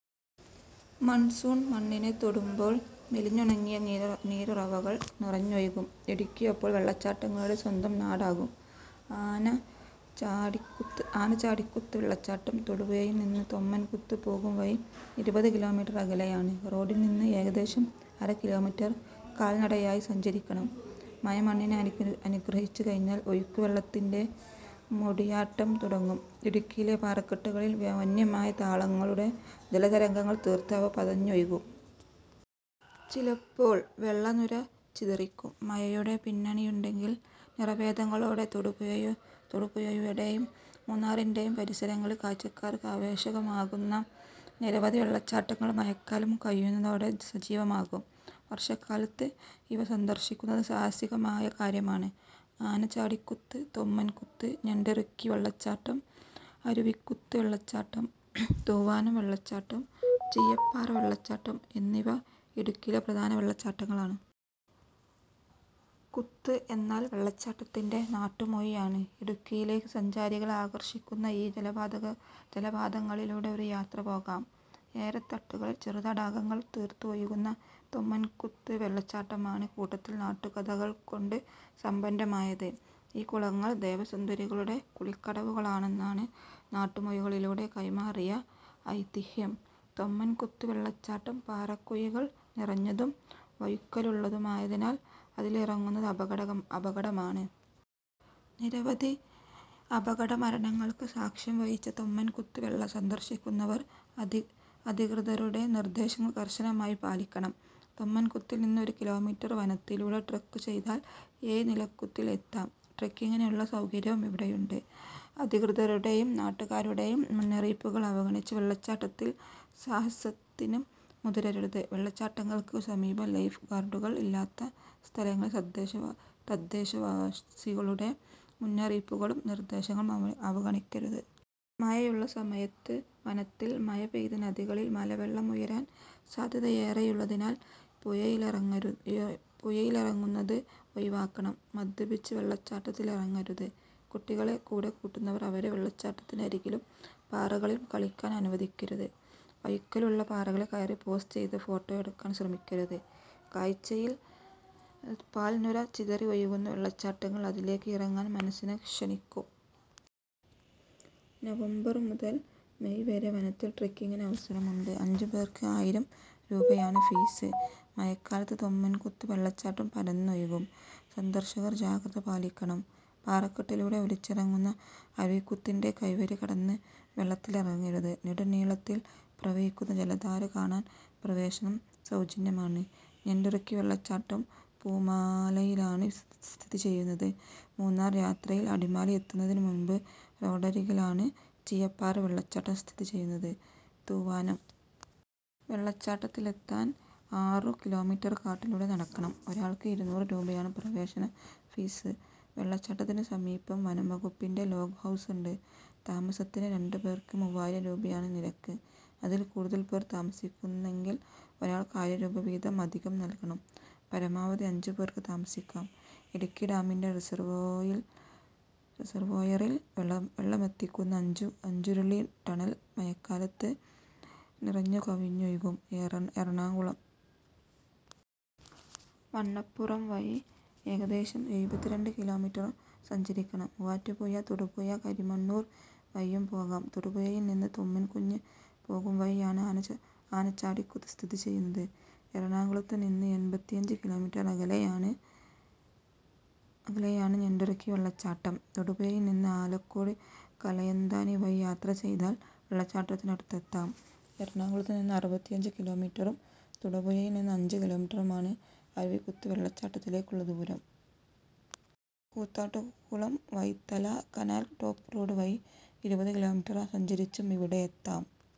Monsoon മണ്ണിനെ തൊടുമ്പോൾ മെലിഞ്ഞുണങ്ങിയ നീരുറവ നീരുറവകൾ നിറഞ്ഞൊഴുകും. ഇടുക്കി അപ്പോൾ വെള്ളച്ചാട്ടങ്ങളുടെ സ്വന്തം നാടാകും. ആനച്ചാടി. ആനചാടിക്കുത്ത് വെള്ളച്ചാട്ടം തൊടുപുഴയിൽനിന്ന് തൊമ്മൻകുത്ത് പോകുംവഴി ഇരുപത് കിലോമീറ്റർ അകലെയാണ്. റോഡിൽനിന്ന് ഏകദേശം അര കിലോമീറ്റർ കാൽനടയായി സഞ്ചരിക്കണം. മഴ മണ്ണിനെ അനുഗ്രഹിച്ചുകഴിഞ്ഞാൽ ഒഴുക്കുവെള്ളത്തിന്റെ മുടിയാട്ടം തുടങ്ങും. ഇടുക്കിയിലെ പാറക്കെട്ടുകളിൽ വന്യമായ താളങ്ങളുടെ ജലതരംഗങ്ങൾ തീർത്ത് അവ പതഞ്ഞൊഴുകും. ചിലപ്പോൾ വെള്ളനുര ചിതറിക്കും. മഴയുടെ പിന്നണിയുണ്ടെങ്കിൽ നിറഭേദങ്ങളോടെ തൊടുപുഴയുടെയും മൂന്നാറിന്റെയും പരിസരങ്ങളിൽ കാഴ്ചക്കാർക്ക് ആവേശമാകുന്ന നിരവധി വെള്ളച്ചാട്ടങ്ങൾ മഴക്കാലം കഴിയുന്നതോടെ സജീവമാകും. വർഷകാലത്ത് ഇവ സന്ദർശിക്കുന്നത് സാഹസികമായ കാര്യമാണ്. ആനചാടിക്കുത്ത്, തൊമ്മൻകുത്ത്, ഞണ്ടിറുക്കി വെള്ളച്ചാട്ടം, അരുവിക്കുത്ത് വെള്ളച്ചാട്ടം, തൂവാനം വെള്ളച്ചാട്ടം, ചീയപ്പാറ വെള്ളച്ചാട്ടം എന്നിവ ഇടുക്കിയിലെ പ്രധാന വെള്ളച്ചാട്ടങ്ങളാണ്. കുത്ത് എന്നാൽ വെള്ളച്ചാട്ടത്തിന്റെ നാട്ടുമൊഴിയാണ്. ഇടുക്കിയിലേക്ക് സഞ്ചാരികളെ ആകർഷിക്കുന്ന ഈ ജലപാതങ്ങളിലൂടെ ഒരു യാത്ര പോകാം. ഏഴരത്തട്ടുകളിൽ ചെറുതടാകങ്ങൾ തീർത്ത് ഒഴുകുന്ന തൊമ്മൻകുത്ത് വെള്ളച്ചാട്ടമാണ് കൂട്ടത്തിൽ നാട്ടുകഥകൾകൊണ്ട് സമ്പന്നമായത്. ഈ കുളങ്ങൾ ദേവസുന്ദരികളുടെ കുളിക്കടവുകളാണെന്നാണ് നാട്ടുമൊഴികളിലൂടെ കൈമാറിയ ഐതിഹ്യം. തൊമ്മൻകുത്ത് വെള്ളച്ചാട്ടം പാറക്കുഴികൾ നിറഞ്ഞതും വഴുക്കലുള്ളതുമായതിനാൽ അതിലിറങ്ങുന്നത് അപകടം അപകടമാണ്. നിരവധി അപകടമരണങ്ങൾക്ക് സാക്ഷ്യംവഹിച്ച തൊമ്മൻകുത്ത് സന്ദർശിക്കുന്നവർ അധികൃതരുടെ നിർദേശങ്ങൾ കർശനമായി പാലിക്കണം. തൊമ്മൻകുത്തിൽനിന്ന് ഒരു കിലോമീറ്റർ വനത്തിലൂടെ ട്രെക്ക് ചെയ്താൽ ഏഴുനിലക്കുത്തിൽ എത്താം. ട്രെക്കിങ്ങിനുള്ള സൗകര്യവും ഇവിടെയുണ്ട്. അധികൃതരുടെയും നാട്ടുകാരുടെയും മുന്നറിയിപ്പുകൾ അവഗണിച്ച് വെള്ളച്ചാട്ടത്തിൽ സാഹസത്തിന് മുതിരരുത്. വെള്ളച്ചാട്ടങ്ങൾക്ക് സമീപം ലൈഫ് ഗാർഡുകൾ ഇല്ലാത്ത സ്ഥലങ്ങളിൽ തദ്ദേശവാസികളുടെ മുന്നറിയിപ്പുകളും നിർദേശങ്ങളും അവഗണിക്കരുത്. മഴയുള്ള സമയത്ത് വനത്തിൽ മഴ പെയ്ത് നദികളിൽ മലവെള്ളം ഉയരാൻ സാധ്യതയേറെയുള്ളതിനാൽ പുഴയിലിറങ്ങുന്നത് ഒഴിവാക്കണം. മദ്യപിച്ച് വെള്ളച്ചാട്ടത്തിൽ ഇറങ്ങരുത്. കുട്ടികളെ കൂടെക്കൂട്ടുന്നവർ അവരെ വെള്ളച്ചാട്ടത്തിനരികിലും പാറകളിലും കളിക്കാൻ അനുവദിക്കരുത്. വഴുക്കലുള്ള പാറകളിൽ കയറി പോസ് ചെയ്ത് ഫോട്ടോ എടുക്കാൻ ശ്രമിക്കരുത്. കാഴ്ചയിൽ പാൽനുര ചിതറി ഒഴുകുന്ന വെള്ളച്ചാട്ടങ്ങൾ അതിലേക്ക് ഇറങ്ങാൻ മനസ്സിനെ ക്ഷണിക്കും. നവംബർ മുതൽ മേയ് വരെ വനത്തിൽ ട്രെക്കിങ്ങിന് അവസരമുണ്ട്. അഞ്ചുപേർക്ക് ആയിരം രൂപയാണ് ഫീസ്. മഴക്കാലത്ത് തൊമ്മൻകുത്ത് വെള്ളച്ചാട്ടം പരന്നൊഴുകും. സന്ദർശകർ ജാഗ്രത പാലിക്കണം. പാറക്കെട്ടിലൂടെ ഒലിച്ചിറങ്ങുന്ന അരുവിക്കുത്തിന്റെ കൈവരി കടന്ന് വെള്ളത്തിലിറങ്ങരുത്. നെടുനീളത്തിൽ പ്രവഹിക്കുന്ന ജലധാര കാണാൻ പ്രവേശനം സൗജന്യമാണ്. ഞണ്ടിറുക്കി വെള്ളച്ചാട്ടം പൂമാലയിലാണ് സ്ഥിതി ചെയ്യുന്നത്. മൂന്നാർ യാത്രയിൽ അടിമാലി എത്തുന്നതിനു മുൻപ് റോഡരികിലാണ് ചീയപ്പാറ വെള്ളച്ചാട്ടം സ്ഥിതി ചെയ്യുന്നത്. തൂവാനം വെള്ളച്ചാട്ടത്തിലെത്താൻ ആറു കിലോമീറ്റർ കാട്ടിലൂടെ നടക്കണം. ഒരാൾക്ക് ഇരുനൂറ് രൂപയാണ് പ്രവേശനഫീസ്. വെള്ളച്ചാട്ടത്തിനുസമീപം വനംവകുപ്പിന്റെ ലോഗ്ഹൗസുണ്ട്. താമസത്തിന് രണ്ടു പേർക്ക് മൂവായിരം രൂപയാണ് നിരക്ക്. അതിൽ കൂടുതൽ പേർ താമസിക്കുന്നെങ്കിൽ ഒരാൾക്ക് ആയിരം രൂപ വീതം അധികം നൽകണം. പരമാവധി അഞ്ചുപേർക്ക് താമസിക്കാം. ഇടുക്കി ഡാമിന്റെ റിസർവോയറിൽ വെള്ളമെത്തിക്കുന്ന അഞ്ചുരുളി ടണൽ മഴക്കാലത്ത് നിറഞ്ഞുകവിഞ്ഞൊഴുകും. എറണാകുളം വണ്ണപ്പുറം വഴി ഏകദേശം എഴുപത്തിരണ്ട് കിലോമീറ്റർ സഞ്ചരിക്കണം. മൂവാറ്റുപുഴ തൊടുപുഴ കരിമണ്ണൂർ വഴിയും പോകാം. തൊടുപുഴയിൽനിന്ന് തൊമ്മൻകുത്ത് പോകുംവഴിയാണ് ആനചാടിക്കുത്ത് സ്ഥിതി ചെയ്യുന്നത്. എറണാകുളത്തുനിന്ന് എൺപത്തിയഞ്ച് കിലോമീറ്റർ അകലെയാണ് ഞണ്ടിറുക്കി വെള്ളച്ചാട്ടം. തൊടുപുഴയിൽനിന്ന് ആലക്കോട് കലയന്താനി വഴി യാത്ര ചെയ്താൽ വെള്ളച്ചാട്ടത്തിനടുത്തെത്താം. എറണാകുളത്തുനിന്ന് അറുപത്തിയഞ്ച് കിലോമീറ്ററും തൊടുപുഴയിൽനിന്ന് അഞ്ച് കിലോമീറ്ററുമാണ് അരുവിക്കുത്ത് വെള്ളച്ചാട്ടത്തിലേക്കുള്ള ദൂരം. Koothattukulam Vazhithala canal top road വഴി ഇരുപത് കിലോമീറ്റർ സഞ്ചരിച്ചും ഇവിടെ എത്താം.